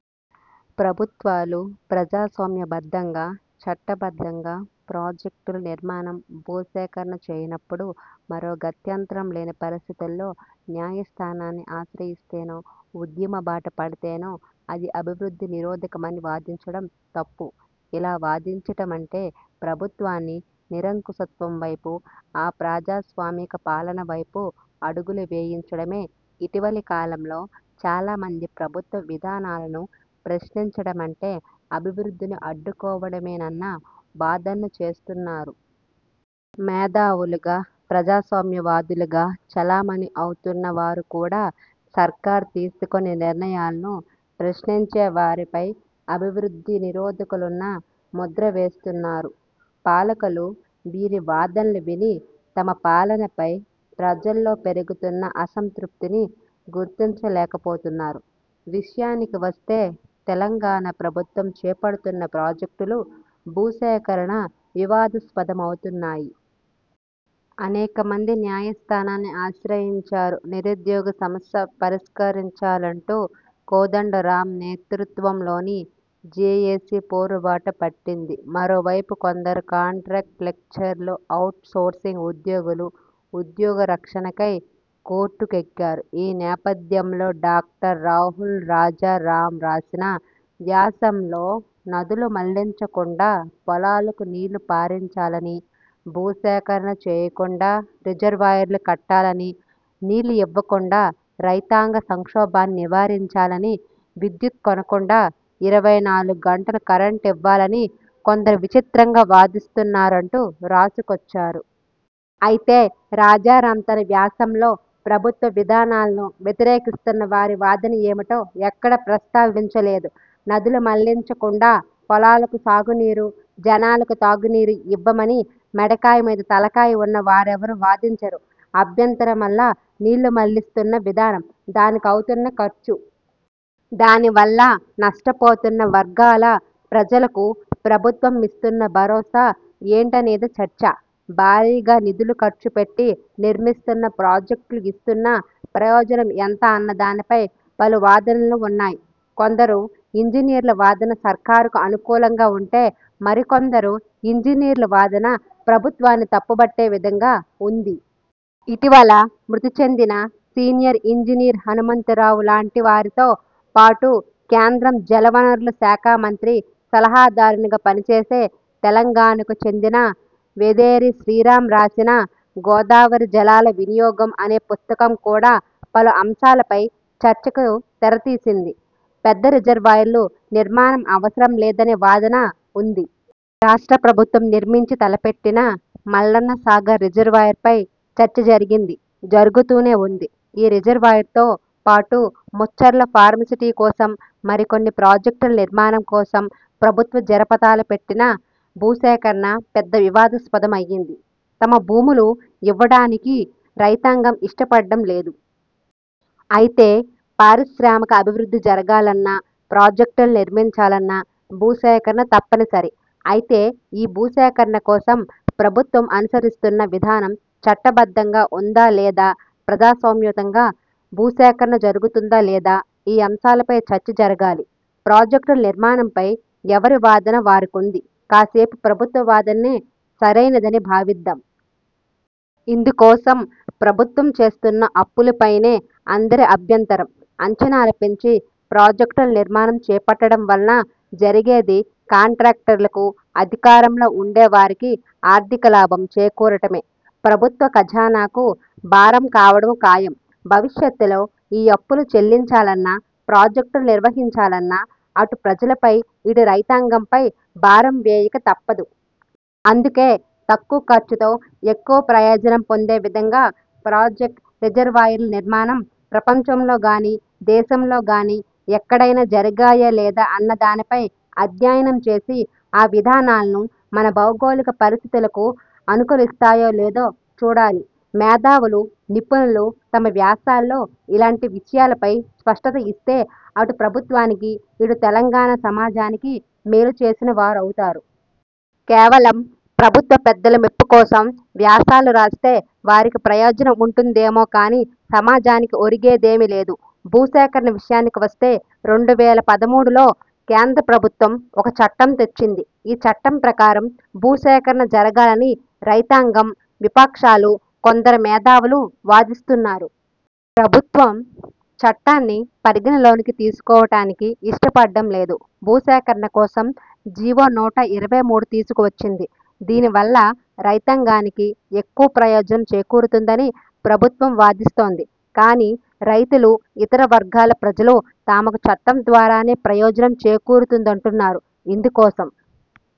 ప్రభుత్వాలు ప్రజాస్వామ్యబద్ధంగా, చట్టబద్ధంగా ప్రాజెక్టుల నిర్మాణం, భూసేకరణ చేయనప్పుడు, మరో గత్యంతరం లేని పరిస్థితుల్లో న్యాయస్థానాన్ని ఆశ్రయిస్తేనో, ఉద్యమ బాట పడితేనో అది అభివృద్ధి నిరోధకమని వాదించడం తప్పు. ఇలా వాదించటమంటే ప్రభుత్వాన్ని నిరంకుశత్వం వైపూ, అప్రజాస్వామిక పాలన వైపూ అడుగులు వేయించడమే. ఇటీవల కాలంలో చాలా మంది ప్రభుత్వ విధానాలను ప్రశ్నించడ మంటే అభివృద్ధిని అడ్డుకోవడమేనన్న వాదనను చేస్తున్నారు. మేధావులుగా, ప్రజాస్వామ్యవాదులుగా చలామణి అవుతున్న వారు కూడా సర్కార్ తీసుకునే నిర్ణయాలను ప్రశ్నించే వారిపై అభివృద్ధి నిరోధకులన్న ముద్ర వేస్తున్నారు. పాలకులు వీరి వాదనలు విని తమ పాలనపై ప్రజల్లో పెరుగుతున్న అసంతృప్తిని గుర్తించలేకపోతున్నారు. విషయానికి వస్తే తెలంగాణ ప్రభుత్వం చేపడుతున్న ప్రాజెక్టులు, భూసేకరణ వివాదస్పదమవుతున్నాయి. అనేక మంది న్యాయ స్థానాన్ని ఆశ్రయించారు. నిరుద్యోగ సమస్య పరిష్కరించాలంటూ కోదండ రామ్ నేతృత్వంలోని జేఏసీ పోరుబాట పట్టింది. మరోవైపు కొందరు కాంట్రాక్టు లెక్చరర్లు, ఔట్ సోర్సింగ్ ఉద్యోగులు ఉద్యోగ రక్షణకై కోర్టు కెక్కారు. ఈ నేసథ్యంలో డాక్టర్ రాహుల్ రాజారామ్ రాసిన వ్యాసంలో నదులు మళ్లించకుండా, పొలాలకు నీళ్లు పారించాలనీ, భూ సేకరణ చేయకుండా రిజర్వాయర్లు కట్టాలనీ, నీళ్లు ఇవ్వకుండా రైతాంగ సంక్షోభాన్ని నివారించాలనీ, విద్యుత్ కొనకుండా ఇరవై నాలుగు గంటలు కరెంట్ ఇవ్వాలనీ కొందరు విచిత్రంగా వాదిస్తున్నారంటూ రాసు కొచ్చారు. అయితే రాజారామ్ తన వ్యాసంలో ప్రభుత్వ విధానాలను వ్యతిరేకిస్తున్న వారి వాదన ఏమిటో ఎక్కడా ప్రస్తావించలేదు. నదులు మళ్లించకుండా పొలాలకు సాగు నీరు, జనాలకు తాగు నీరు ఇవ్వమని మెడకాయ మీద తలకాయ ఉన్న వారెవరూ వాదించరు. అభ్యంతర మల్లా నీళ్లు మళ్లిస్తున్న విధానం. దానికి అవుతున్న ఖర్చు. దానివల్ల నష్టపోతున్న వర్గాల ప్రజలకు ప్రభుత్వం ఇస్తున్న భరోసా ఏంటనేదే చర్చ. భారీగా నిధులు ఖర్చు పెట్టి నిర్మిస్తున్న ప్రాజెక్టులు ఇస్తున్న ప్రయోజనం ఎంత అన్న దానిపై పలు వాదనలు ఉన్నాయి. కొందరు ఇంజనీర్ల వాదన సర్కారుకు అనుకూలంగా ఉంటే, మరికొందరు ఇంజనీర్ల వాదన ప్రభుత్వాన్ని తప్పుబట్టే విధంగా ఉంది. ఇటీవల మృతి చెందిన సీనియర్ ఇంజనీర్ హనుమంతరావు లాంటి వారితో పాటు కేంద్ర జలవనరుల శాఖా మంత్రి సలహాదారుగా పనిచేసే తెలంగాణకు చెందిన వెదిరే శ్రీరాం రాసిన 'గోదావరి జలాల వినియోగం' అనే పుస్తకం కూడా పలు అంశాలపై చర్చకు తెరతీసింది. పెద్ద రిజర్వాయర్ల నిర్మాణ అవసరం లేదనే వాదన ఉంది. రాష్ట్ర ప్రభుత్వం నిర్మించ తలపెట్టిన మల్లన్న సాగర్ రిజర్వాయర్పై చర్చ జరిగింది. జరుగుతూనే ఉంది. ఈ రిజర్వాయర్తో పాటు ముచ్చర్ల ఫార్మాసిటీ కోసం, మరికొన్ని ప్రాజెక్టుల నిర్మాణం కోసం ప్రభుత్వం జరపతల పెట్టిన భూసేకరణ పెద్ద వివాదస్పదం అయింది. తమ భూములు ఇవ్వడానికి రైతాంగం ఇష్టపడడం లేదు. అయితే పారిశ్రామికాభివృద్ధి జరగాలన్నా, ప్రాజెక్టులను నిర్మించాలన్నా భూసేకరణ తప్పనిసరి. అయితే ఈ భూసేకరణ కోసం ప్రభుత్వం అనుసరిస్తున్న విధానం చట్టబద్ధంగా ఉందా లేదా? ప్రజాస్వామ్యయుతంగా భూసేకరణ జరుగుతుందా లేదా? ఈ అంశాలపై చర్చ జరగాలి. ప్రాజెక్టుల నిర్మాణంపై ఎవరి వాదన వారికుంది. కాసేపు ప్రభుత్వ వాదనే సరైనదని భావిద్దాం. ఇందుకోసం ప్రభుత్వం చేస్తున్న అప్పులపైనే అందరి అభ్యంతరం. అంచనాలు పెంచి ప్రాజెక్టుల నిర్మాణం చేపట్టడం వలన జరిగేది కాంట్రాక్టర్లకు, అధికారంలో ఉండే వారికి ఆర్థిక లాభం చేకూరటమే. ప్రభుత్వ ఖజానాకు భారం కావడమూ ఖాయం. భవిష్యత్తులో ఈ అప్పులు చెల్లించాలన్నా, ప్రాజెక్టులు నిర్వహించాలన్నా అటు ప్రజలపై ఇటు రైతాంగంపై భారం వేయక తప్పదు. అందుకే తక్కువ ఖర్చుతో ఎక్కువ ప్రయోజనం పొందే విధంగా ప్రాజెక్టు, రిజర్వాయర్ల నిర్మాణం ప్రపంచంలోని గానీ, దేశంలోని గానీ ఎక్కడైనా జరిగాయా లేదా అన్న దానిపై అధ్యయనం చేసి, ఆ విధానాలు మన భౌగోళిక పరిస్థితులకు అనుకూలిస్తాయో లేదో చూడాలి. మేధావులు, నిపుణులు తమ వ్యాసాల్లో ఇలాంటి విషయాలపై స్పష్టత ఇస్తే అటు ప్రభుత్వానికి ఇటు తెలంగాణ సమాజానికి మేలు చేసిన వారవుతారు. కేవలం ప్రభుత్వ పెద్దల మెప్పుకోసం వ్యాసాలు రాస్తే వారికి ప్రయోజనం ఉంటుందేమో కానీ సమాజానికీ ఒరిగేదేమీ లేదు. భూసేకరణ విషయానికి వస్తే రెండు వేల పదమూడులో కేంద్ర ప్రభుత్వం ఒక చట్టం తెచ్చింది. ఈ చట్టం ప్రకారం భూ సేకరణ జరగాలని రైతాంగం, విపక్షాలు, కొందరు మేధావులు వాదిస్తున్నారు. ఫ్రభుత్వం చట్టాన్ని పరిగణలోనికి తీసుకోవడానికి ఇష్టపడడం లేదు. భూసేకరణ కోసం జీవో నూట ఇరవై మూడు తీసుకు వచ్చింది. దీని వల్ల రైతాంగానికి ఎక్కువ ప్రయోజనం చేరూరుతుందని ప్రభుత్వం వాదిస్తోంది. కానీ రైతులు, ఇతర వర్గాల ప్రజలు తమకు చట్టం ద్వారానే ప్రయోజనం చేకూరుతుందంటున్నారు. ఇందుకోసం